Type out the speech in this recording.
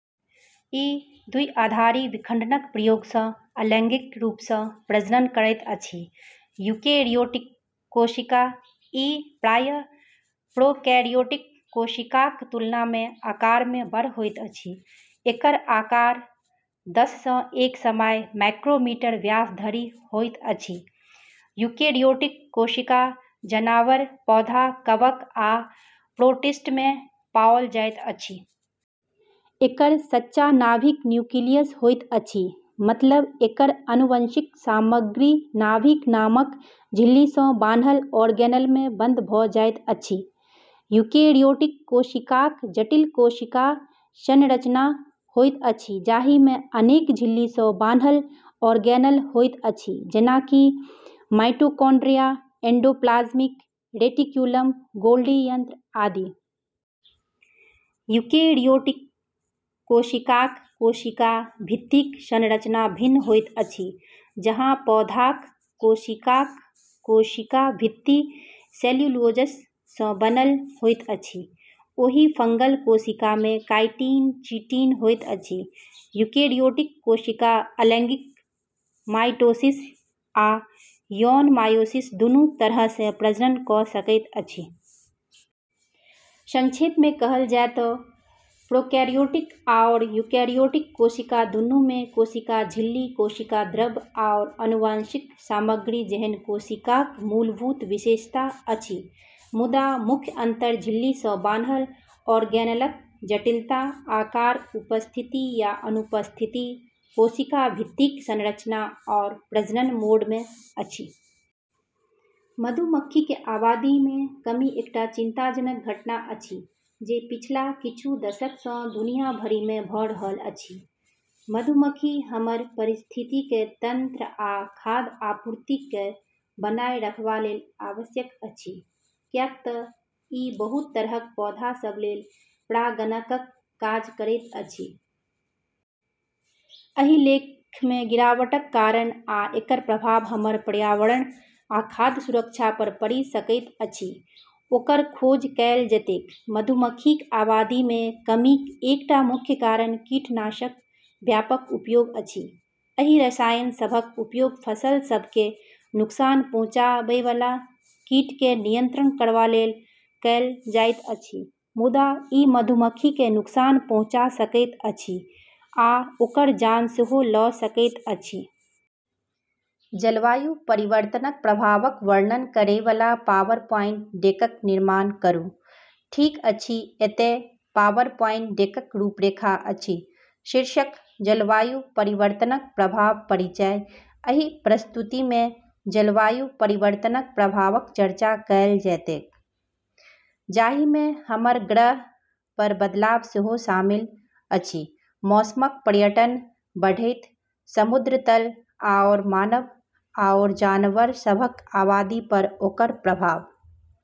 ई द्विआधारी विखंडनक प्रयोगसँ अलैंगिक रूपसँ प्रजनन करैत अछि। यूकेरियोटिक कोशिका: ई प्रायः प्रोकैरियोटिक कोशिकाक तुलनामे आकारमे बड़ होइत अछि। एकर आकार दससँ एक सय माइक्रोमीटर व्यास धरि होइत अछि। यूकेरियोटिक कोशिका जनावर, पौधा, कवक, आ प्रोटिस्टमे पाओल जाइत अछि। एकर सच्चा नाभिक न्यूक्लियस होइत अछि, मतलब एकर आनुवंशिक सामग्री नाभिक नामक झिल्लीसँ बान्हल ऑर्गेनेलमे बंद भऽ जाइत अछि। यूकेरियोटिक कोशिकाक जटिल कोशिका संरचना होइत अछि जाहिमे अनेक झिल्लीसँ बान्हल ऑर्गेनेल होइत अछि जेना कि माइटोकॉन्ड्रिया, एंडोप्लाज्मिक रेटिक्युलम, गोल्गी यंत्र आदि। यूकेरियोटिक कोशिकाक कोशिका भित्तिक संरचना भिन्न होइत अछि। जहाँ पौधाक कोशिकाक कोशिका भित्ति सेल्यूलोजसँ बनल होइत अछि, ओही फंगल कोशिकामे काइटिन चिटिन होइत अछि। यूकेरियोटिक कोशिका अलैंगिक माइटोसिस आ यौन मेयोसिस दुनू तरहसँ प्रजनन कऽ सकैत अछि। संक्षेपमे कहल जाय तँ प्रोकैरियोटिक आओर यूकेरियोटिक कोशिका दूनूमे कोशिका झिल्ली, कोशिका द्रव्य, आओर आनुवंशिक सामग्री जेहन कोशिकाक मूलभूत विशेषता अछि, मुदा मुख्य अंतर झिल्लीसँ बान्हल ऑर्गेनेलक जटिलता, आकार, उपस्थिति या अनुपस्थिति, कोशिका भित्तिक संरचना आओर प्रजननक मोडमे अछि। मधुमक्खीक आबादीमे कमी एकटा चिंताजनक घटना अछि जे पिछला किछु दशकसँ दुनिया भरिमे भऽ रहल अछि। मधुमक्खी हमर पारिस्थितिकी तंत्र आ खाद्य आपूर्तिकेँ बनाए रखबा लेल आवश्यक अछि, कियाक तँ ई बहुत तरहक पौधा सभ लेल परागणकक काज करैत अछि। एहि लेखमे गिरावटक कारण आ एकर प्रभाव हमर पर्यावरण आ खाद्य सुरक्षा पर पड़ि सकैत अछि, ओकर खोज कएल जेतैक। मधुमक्खीक आबादीमे कमीक एकटा मुख्य कारण कीटनाशकक व्यापक उपयोग अछि। एहि रसायन सभक उपयोग फसल सभकेँ नुकसान पहुँचाबैबला कीटकेँ नियंत्रित करबा लेल कएल जाइत अछि, मुदा ई मधुमक्खीकेँ नुकसान पहुँचा सकैत अछि आ ओकर जान सेहो लऽ सकैत अछि। जलवायु परिवर्तनक प्रभावक वर्णन करैबला पावरपोइन्ट डेकक निर्माण करू। ठीक अछि, एतए पावरपोइन्ट डेकक रूपरेखा अछि: शीर्षक: जलवायु परिवर्तनक प्रभाव परिचय: एहि प्रस्तुतिमे जलवायु परिवर्तनक प्रभावक चर्चा कएल जेतैक, जाहिमे हमर ग्रह पर बदलाव सेहो शामिल अछि - मौसमक पैटर्न, बढ़ैत समुद्र तल, आओर मानव आओर जनावर सभक आबादी पर ओकर प्रभाव।